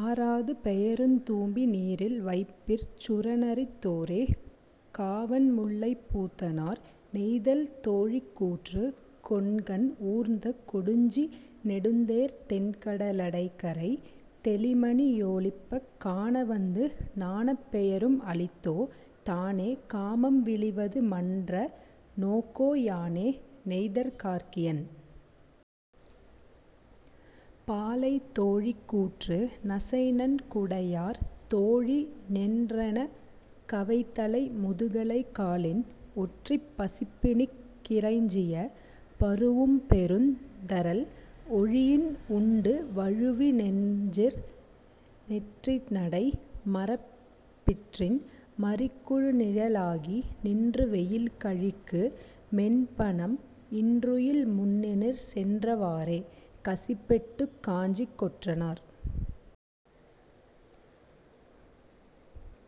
ஆராது பெயருந் தும்பி நீரில் வைப்பிற் சுரனிறந் தோரே. -காவன்முல்லைப் பூதனார்.. நெய்தல் தோழி கூற்று கொண்கன் ஊர்ந்த கொடுஞ்சி நெடுந்தேர் தெண்கட லடைகரைத் தௌிமணி யொலிப்பக் காண வந்து நாணப் பெயரும் அளிதோ தானே காமம் விளிவது மன்ற நோகோ யானே. -நெய்தற் கார்க்கியன்.. பாலை தோழி கூற்று நசைநன் குடையர் தோழி ஞெரேரெனக் கவைத்தலை முதுகலை காலின் ஒற்றிப் பசிப்பிணிக் கிறைஞ்சிய பரூஉம்பெருந் ததரல் ஒழியின் உண்டு வழுவி னெஞ்சிற் றெறித்துநடை மரபிற்றன் மறிக்குநிழ லாகி நின்றுவெயில் கழிக்கு மென்பநம் இன்றுயில் முனிநர் சென்ற வாறே. -கச்சிப்பேட்டுக் காஞ்சிக் கொற்றனார்..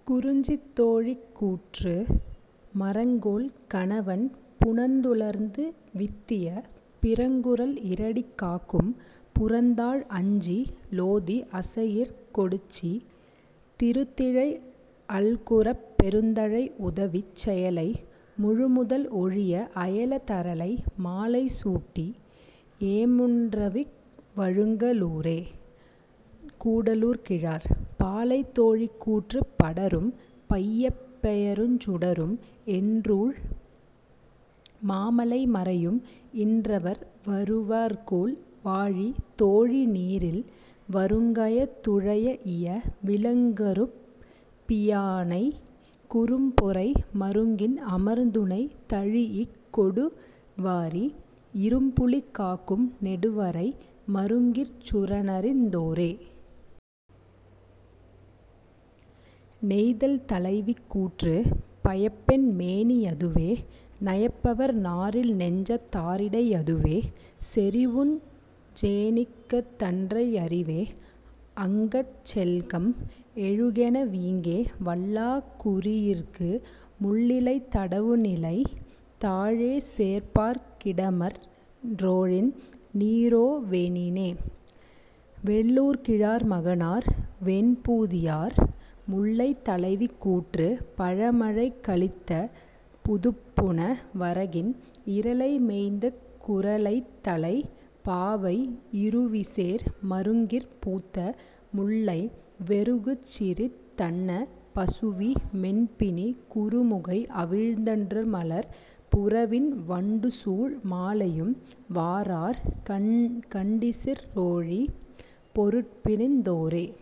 குறிஞ்சி தோழி கூற்று மரங்கொல் கானவன் புனந்துளர்ந்து வித்திய பிறங்குகுரல் இறடி காக்கும் புறந்தாழ் அஞ்சி லோதி அசையியற் கொடிச்சி திருந்திழை அல்குற்குப் பெருந்தழை உதவிச் செயலை முழுமுதல் ஒழிய அயல தரலை மாலை சூட்டி ஏமுற் றன்றிவ் வழுங்க லூரே. -கூடலூர்கிழார்.. பாலை தோழி கூற்று படரும் பைப்பயப் பெயருஞ் சுடரும் என்றூழ் மாமலை மறையும் இன்றவர் வருவர்கொல் வாழி தோழி நீரில் வறுங்கயந் துழைஇய விலங்குமருப் பியானை குறும்பொறை மருங்கின் அமர்துணை தழீஇக் கொடுவரி இரும்புலி காக்கும் நெடுவரை மருங்கிற் சுரனிறந் தோரே. நெய்தல் தலைவி கூற்று பயப்பென் மேனி யதுவே நயப்பவர் நாரில் நெஞ்சத் தாரிடை யதுவே செறிவுஞ் சேணிகந் தன்றே யறிவே ஆங்கட் செல்கம் எழுகென வீங்கே வல்லா கூறியிருக்கு முள்ளிலைத் தடவுநிலைத் தாழைச் சேர்ப்பர்க் கிடமற் றோழியெந் நீரிரோ வெனினே. -வெள்ளூர்கிழார் மகனார் வெண்பூதியார்.. முல்லை தலைவி கூற்று பழமழைக் கலித்த புதுப்புன வரகின் இரலை மேய்ந்த குறைத்தலைப் பாவை இருவிசேர் மருங்கிற் பூத்த முல்லை வெருகுசிரித் தன்ன பசுவீ மென்பிணி குறுமுகை அவிழ்ந்த நறுமலர்ப் புறவின் வண்டுசூழ் மாலையும் வாரார் கண்டிசிற் றோழி பொருட்பிரிந் தோரே.